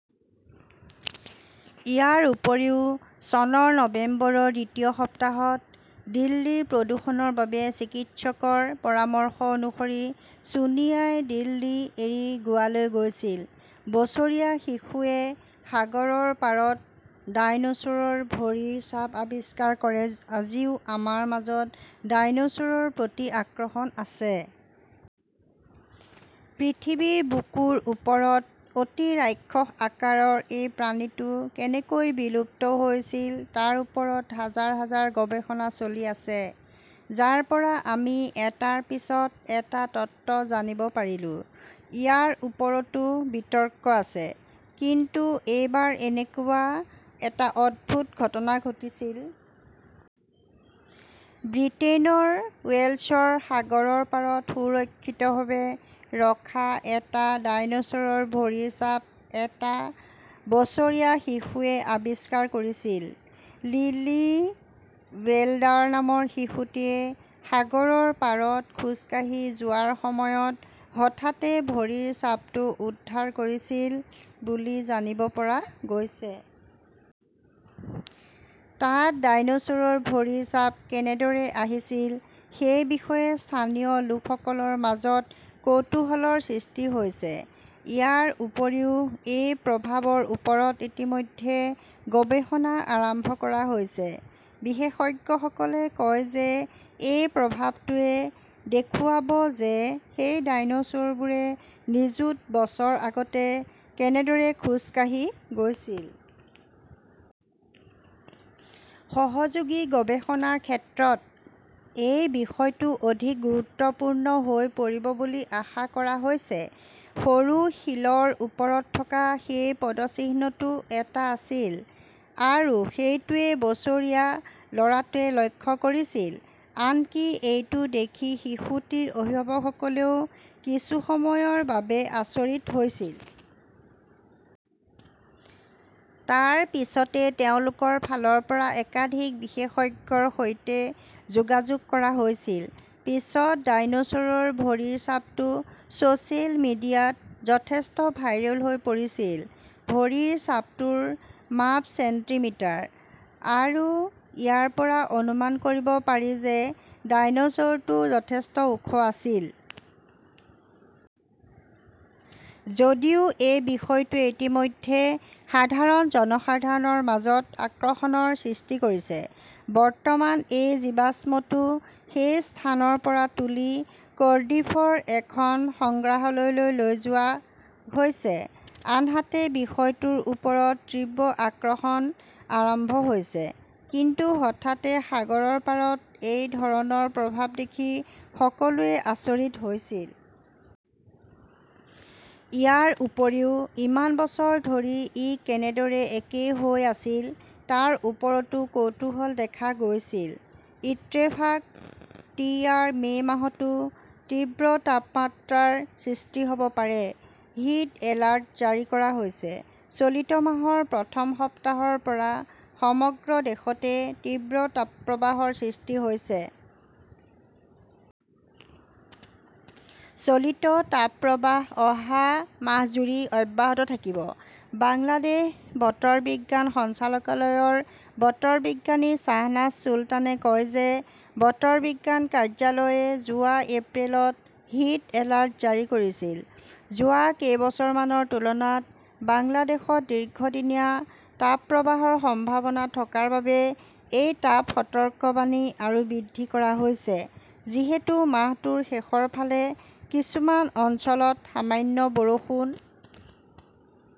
ইয়াৰ উপৰিও, চনৰ নৱেম্বৰৰ দ্বিতীয় সপ্তাহত দিল্লীৰ প্ৰদূষণৰ বাবে চিকিৎসকৰ পৰামৰ্শ অনুসৰি ছোনিয়াই দিল্লী এৰি গোৱালৈ গৈছিল। বছৰীয়া শিশুৱে সাগৰৰ পাৰত ডাইনোছৰৰ ভৰিৰ ছাপ আৱিষ্কাৰ কৰে আজিও আমাৰ মাজত ডাইনোছৰৰ প্ৰতি আকৰ্ষণ আছে। পৃথিৱীৰ বুকুৰ ওপৰত অতি ৰাক্ষস আকাৰৰ এই প্ৰাণীটো কেনেকৈ বিলুপ্ত হৈছিল তাৰ ওপৰত হাজাৰ হাজাৰ গৱেষণা চলি আছে। যাৰ পৰা আমি এটাৰ পিছত এটা তত্ত্ব জানিব পাৰিলো। ইয়াৰ ওপৰতো বিতৰ্ক আছে। কিন্তু এইবাৰ এনেকুৱা এটা অদ্ভুত ঘটনা ঘটিছিল। ব্ৰিটেইনৰ ৱেলছৰ সাগৰৰ পাৰত সুৰক্ষিতভাৱে ৰখা এটা ডাইনোছৰৰ ভৰিৰ ছাপ এটা বছৰীয়া শিশুৱে আৱিষ্কাৰ কৰিছিল। লিলি ৱেল্ডাৰ নামৰ শিশুটিৱে সাগৰৰ পাৰত খোজ কাঢ়ি যোৱাৰ সময়ত হঠাতে ভৰিৰ ছাপটো উদ্ধাৰ কৰিছিল বুলি জানিব পৰা গৈছে। তাত ডাইনোছৰৰ ভৰিৰ ছাপ কেনেদৰে আহিছিল সেই বিষয়ে স্থানীয় লোকসকলৰ মাজত কৌতূহলৰ সৃষ্টি হৈছে। ইয়াৰ উপৰিও, এই প্ৰভাৱৰ ওপৰত ইতিমধ্যে গৱেষণা আৰম্ভ কৰা হৈছে। বিশেষজ্ঞসকলে কয় যে এই প্ৰভাৱটোৱে দেখুৱাব যে সেই ডাইনোছৰবোৰে নিযুত বছৰ আগতে কেনেদৰে খোজ কাঢ়ি গৈছিল। সহযোগী গৱেষণাৰ ক্ষেত্ৰত এই বিষয়টো অধিক গুৰুত্বপূৰ্ণ হৈ পৰিব বুলি আশা কৰা হৈছে। সৰু শিলৰ ওপৰত থকা সেই পদচিহ্নটো এটা আছিল। আৰু সেইটোৱেই বছৰীয়া ল "ৰাটোৱে লক্ষ্য কৰিছিল। আনকি এইটো দেখি শিশুটিৰ অভিভাৱকসকলেও কিছু সময়ৰ বাবে আচৰিত হৈছিল। তাৰ পিছতে তেওঁলোকৰ ফালৰ পৰা একাধিক বিশেষজ্ঞৰ সৈতে যোগাযোগ কৰা হৈছিল। পিছত ডাইনোছৰৰ ভৰিৰ ছাপটো ছ "চিয়েল মিডিয়াত যথেষ্ট ভাইৰেল হৈ পৰিছিল। ভৰিৰ ছাপটোৰ মাপ চেণ্টিমিটাৰ। আৰু ইয়াৰ পৰা অনুমান কৰিব পাৰি যে ডাইনোছৰটো যথেষ্ট ওখ আছিল। যদিও এই বিষয়টোৱে ইতিমধ্যে সাধাৰণ জনসাধাৰণৰ মাজত আকৰ্ষণৰ সৃষ্টি কৰিছে। বৰ্তমান এই জীৱাশ্মটো সেই স্থানৰ পৰা তুলি কৰ্ডিফৰ এখন সংগ্ৰহালয়লৈ লৈ যোৱা হৈছে। আনহাতে, বিষয়টোৰ ওপৰত তীব্ৰ আকৰ্ষণ আৰম্ভ হৈছে। কিন্তু হঠাতে সাগৰৰ পাৰত এই ধৰণৰ প্ৰভাৱ দেখি সকলোৱে আচৰিত হৈছিল। ইয়াৰ উপৰিও, ইমান বছৰ ধৰি ই কেনেদৰে একেই হৈ আছিল তাৰ ওপৰতো কৌতূহল দেখা গৈছিল। ইত্তেফাক/টিআৰ মে "মাহতো তীব্ৰ তাপমাত্ৰাৰ সৃষ্টি হ" ব পাৰে, হিট এলাৰ্ট জাৰি কৰা হৈছে চলিত মাহৰ প্ৰথম সপ্তাহৰ পৰা সমগ্ৰ দেশতে তীব্ৰ তাপপ্ৰবাহৰ সৃষ্টি হৈছে। চলিত তাপপ্ৰবাহ অহা মাহজুৰি অব্যাহত থাকিব। বাংলাদেশ বতৰ বিজ্ঞান সঞ্চালকালয়ৰ বতৰ বিজ্ঞানী শ্বাহনাজ চুলতানে কয় যে বতৰ বিজ্ঞান কাৰ্যালয়ে যোৱা এপ্ৰিলত হিট এলাৰ্ট জাৰি কৰিছিল। যোৱা কেইবছৰমানৰ তুলনাত বাংলাদেশত দীৰ্ঘদিনীয়া তাপপ্ৰবাহৰ সম্ভাৱনা থকাৰ বাবে এই তাপ সতৰ্কবাণী আৰু বৃদ্ধি কৰা হৈছে। যিহেতু মাহটোৰ শেষৰ ফালে কিছুমান অঞ্চলত সামান্য বৰষুণ